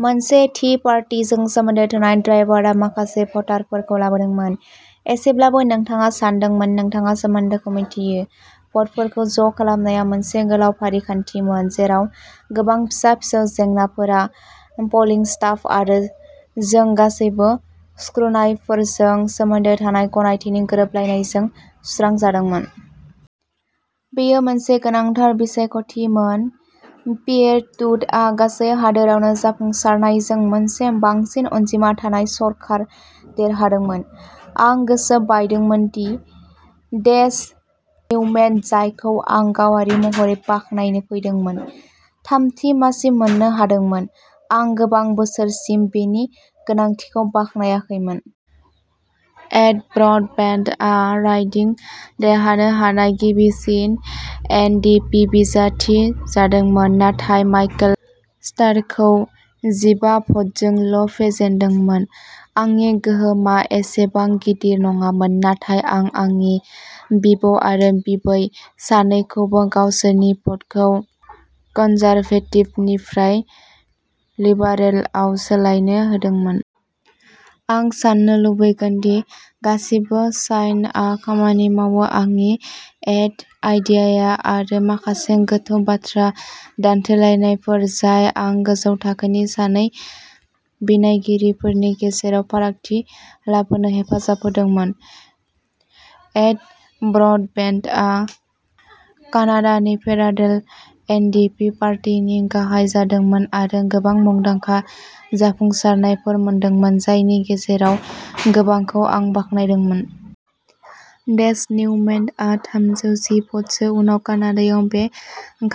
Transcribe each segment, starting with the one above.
मोनसे थि पार्टीजों सोमोन्दो थानाय ड्राइभारआ माखासे भटारफोरखौ लाबोदोंमोन। एसेब्लाबो नोंथाङा सानदोंमोन नोंथाङा सोमोन्दोखौ मिथियो। भटफोरखौ ज' खालामनाया मोनसे गोलाव फारिखान्थिमोन जेराव गोबां फिसा-फिसौ जेंनाफोरा प'लिं स्टाफ आरो जों गासैबो स्क्रुनाइनारफोरजों सोमोन्दो थानाय गनायथिनि गोरोबलायनायजों सुस्रांजादोंमोन। बेयो मोनसे गोनांथार बिसायख'थिमोन। पियेर ट्रुड'आ गासै हादोरावनो जाफुंसारनायजों मोनसे बांसिन अनजिमा थानाय सरखार देरहादोंमोन। आं गोसो बायदोंमोन दि डेस निउमेन, जायखौ आं गावारि महरै बाख्नायनो फैदोंमोन, थामथि मासि मोननो हादोंमोन। आं गोबां बोसोरसिम बेनि गोनांथिखौ बाख्नायाखैमोन। एड ब्रडबेन्टआ राइडिं देरहानो हानाय गिबिसिन एन डि पि बिजाथि जादोंमोन, नाथाय माइकेल स्टारखौ जिबा भ'टजोंल' फेजेनदोंमोन। आंनि गोहोमआ एसेबां गिदिर नङामोन, नाथाय आं आंनि बिबौ आरो बिबौ सानैखौबो गावसोरनि भ'टखौ कन्जारभेटिभनिफ्राय लिबारेलआव सोलायनो हादोंमोन। आं साननो लुबैगोन दि गासिबो साइनआ खामानि मावो, आंनि एड आइडियाया आरो माखासे गोथौ बाथ्रा दान्थेलायनायफोर, जाय आं गोजौ थाखोनि सानै बिनायगिरिफोरनि गेजेराव फारागथि लाबोनो हेफाजाब होदोंमोन। एड ब्रडबेन्टआ कानाडानि फेडारेल एन डि पि पार्टीनि गाहाय जादोंमोन आरो गोबां मुंदांखा जाफुंसारनायफोर मोनदोंमोन, जायनि गेजेराव गोबांखौ आं बाख्नायदोंमोन। डेस निउमेनआ थामजौ जि भ'टसो उनाव कानाडायाव बे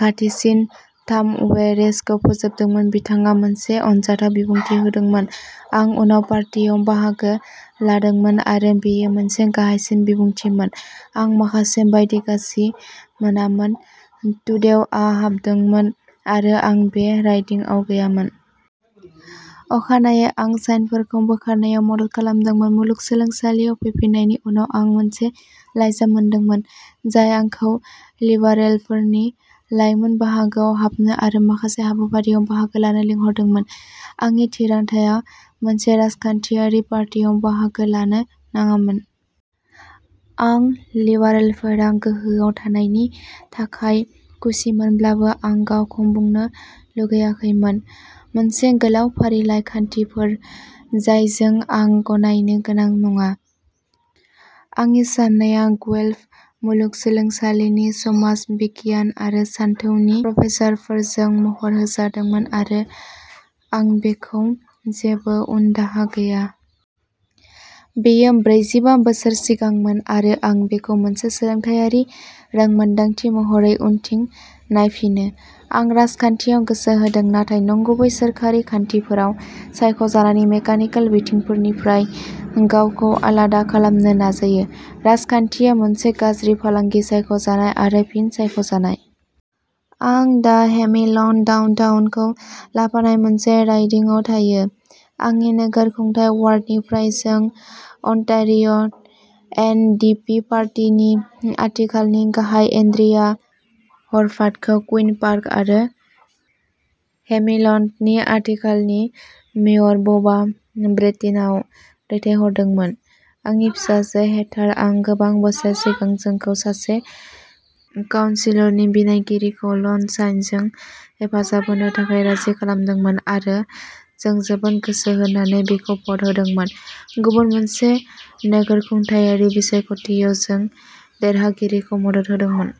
खाथिसिन थाम अवे रेसखौ फोजोबदोंमोन। बिथाङा मोनसे अनजाथाव बिबुंथि होदोंमोन। आं उनाव पार्टियाव बाहागो लादोंमोन आरो बेयो मोनसे गाहायसिन बिबुंथिमोन। आं माखासे बायदि गाज्रि मोनामोन ट्रुडेउआ हाबदोंमोन आरो आं बे राइडिंआव गैयामोन। अखानायै आं साइनफोरखौ बोखारनायाव मदद खालामदोंमोन। मुलुगसोलोंसालियाव फैफिननायनि उनाव आं मोनसे लाइजाम मोनदोंमोन, जाय आंखौ लिबारेलफोरनि लाइमोन बाहागोआव हाबनो आरो माखासे हाबाफारियाव बाहागो लानो लिंहरदोंमोन। आंनि थिरांथाआ मोनसे राजखान्थियारि पार्टीयाव बाहागो लानो नाङामोन। आं लिबारेलफोरा गोहोआव थानायनि थाखाय खुसिमोनब्लाबो आं गावखौ बुंनो लुगैआखैमोन। मोनसे गोलाव फारिलाइ खान्थिफोर जायजों आं गनायनो गोनां नङा। आंनि साननाया गुएल्फ मुलुगसोलोंसालिनि समाज बिगियान आरो सानथौनि प्रफेसारफोरजों महर होजादोंमोन आरो आं बेखौ जेबो उनदाहा गैया। बेयो ब्रैजिबा बोसोर सिगांमोन आरो आं बेखौ मोनसे सोलोंथायारि रोंमोनदांथि महरै उनथिं नायफिनो। आं राजखान्थियाव गोसो होदों, नाथाय नंगुबै सोरखारि खान्थिफोराव सायख'जानायनि मेकानिकेल बिथिंफोरनिफ्राय गावखौ आलादा खालामनो नाजायो। राजखान्थिया मोनसे गाज्रि फालांगि-सायख'जानाय आरो फिन सायख'जानाय। आं दा हेमिल्टन डाउनटाउनखौ लाफानाय मोनसे राइडिंआव थायो। आंनि नोगोर खुंथाय अवार्डनिफ्राय जों अन्टारिय'एन डि पि पार्टीनि आथिखालनि गाहाय, एन्ड्रिया ह'रभाथखौ कुइन पार्क आरो हेमिल्टननि आथिखालनि मेयर, बब ब्रेटिनाआव दैथायहरदोंमोन। आंनि फिसाजो, हेथारआ गोबां बोसोर सिगां जोंखौ सासे काउनसिलर बिनायगिरिखौ लन साइनजों हेफाजाब होनो थाखाय राजि खालामदोंमोन आरो जों जोबोद गोसो होनानै बिखौ भ'ट होदोंमोन। गुबुन मोनसे नोगोर खुंथायारि बिसायख'थियाव जों देरहागिरिखौ मदद होदोंमोन।